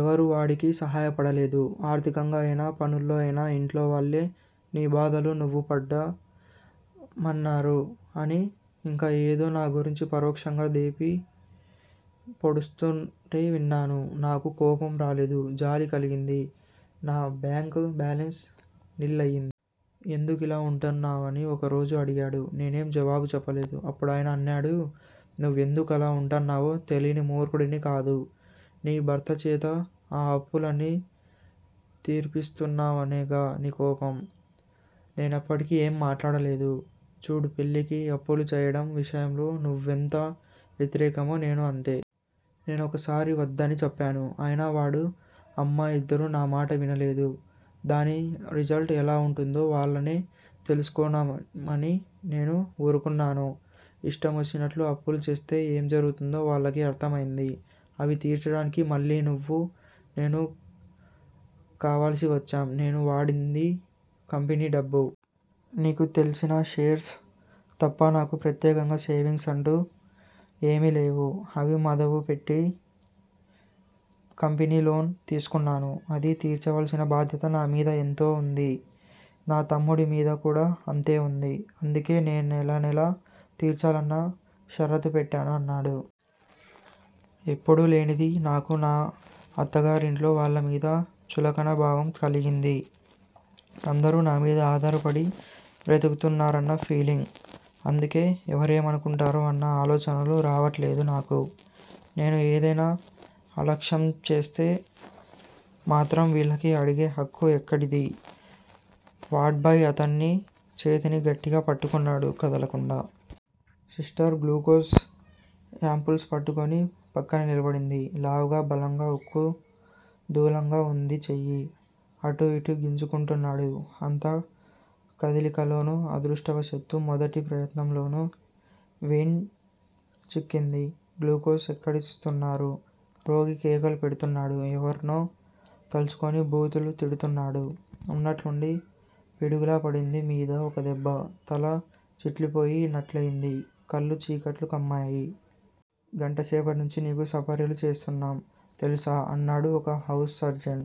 ఎవరూ వాడికి సాయపడలేదు. ఆర్థికంగా అయినా, పనుల్లో అయినా ఇంట్లో వాళ్ళే 'నీ బాధలు నువ్వు పడ్డ' మన్నారు అని ఇంకా ఏదో నా గురించి పరోక్షంగా దేపి పొడుస్తుంటే విన్నాను. నాకు కోపం రాలేదు. జాలి కలిగింది. నా బ్యాంక్ బ్యాలెన్స్ నిల్ అయ్యింది. ఎందుకలా వుంటున్నావని ఒక రోజు అడిగాడు. నేనేం జవాబు చెప్పలేదు. అప్పుడాయన అన్నాడు- నువ్వెందుకలా వుంటున్నావో తెలీని మూర్ఖుడిని కాదు. నీ భర్తచేత ఆ అప్పులన్నీ తీర్పిస్తున్నాననేగా నీ కోపం? నేనప్పటికీ ఏం మాట్లాడలేదు. చూడు పెళ్ళికి అప్పులు చేయడం విషయంలో నువ్వెంత వ్యతిరేకమో నేనూ అంతే. నేనొకసారి వద్దని చెప్పాను. అయినా వాడు, అమ్మ, ఇద్దరూ నా మాట వినలేదు. దాని రిజల్టు ఎలా వుంటుందో వాళ్ళనే తెలుసుకోమని నేనూ వూరుకున్నాను. ఇష్టమొచ్చినట్లు అప్పులు చేస్తే ఏం జరుగుతుందో వాళ్ళకి అర్థమైంది. అవి తీర్చడానికి మళ్ళీ నువ్వు, నేనే కావలసి వచ్చాం. నేను వాడింది కంపెనీ డబ్బు. నీకు తెల్సిన 'షేర్స్' తప్ప నాకు ప్రత్యేకంగా సేవింగ్స్ అంటూ ఏమీలేవు. అవి మదుపు పెట్టి కంపెనీ లోన్ తీసుకున్నాను. అది తీర్చవలసిన బాధ్యత నా మీద ఎంత వుందో, నా తమ్ముడి మీద కూడా అంతేవుంది. అందుకే నెలనెలా తీర్చాలన్న షరతు పెట్టాను అన్నాడు. ఎప్పుడూ లేనిది నాకు నా అత్తగారి ఇంట్లో వాళ్ళమీద చులకనభావం కలిగింది. అందరూ నా మీద ఆధారపడి బ్రతుకుతున్నారన్న ఫీలింగ్. అందుకే ఎవరేమనుకుంటారో అన్న ఆలోచనలు రావట్లేదు నాకు. నేను ఏదైనా అలక్ష్యంచేస్తే మాత్రం వీళ్ళకి అడిగే హక్కు ఎక్కడిది? వార్డుబాయ్ అతన్ని చేతిని గట్టిగా పట్టుకున్నాడు, కదలకుండా. సిస్టర్ గ్లూకోజ్ యాంపుల్స్ పట్టుకుని ప్రక్కన నిలబడింది. లావుగా, బలంగా, ఉక్కు దూలంగా వుంది చెయ్యి. అటూ యిటూ గింజుకుంటున్నాడు. అంత కదిలికలోనూ అదృష్టవశాత్తూ మొదటి ప్రయత్నంలోనే వెయిన్ చిక్కింది. గ్లూకోజ్ ఎక్కిస్తున్నారు. రోగి కేకలు పెడుతున్నాడు. ఎవర్నో తలుచుకుని బూతులు తిడుతున్నాడు. ఉన్నట్లుండి పిడుగులా పడింది మీద ఒక దెబ్బ, తల చిట్లిపోయి నట్లయింది, కళ్ళు చీకట్లు కమ్మాయి. గంటసేపట్నుంచీ నీకు సపర్యలు చేస్తున్నాం, తెలుసా? అన్నాడు ఒక హౌస్ సర్జన్.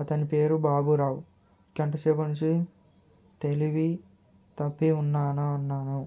అతని పేరు బాబూరావు. గంటసేపట్నుంచీ తెలివి తప్పి వున్నానా? అన్నాను,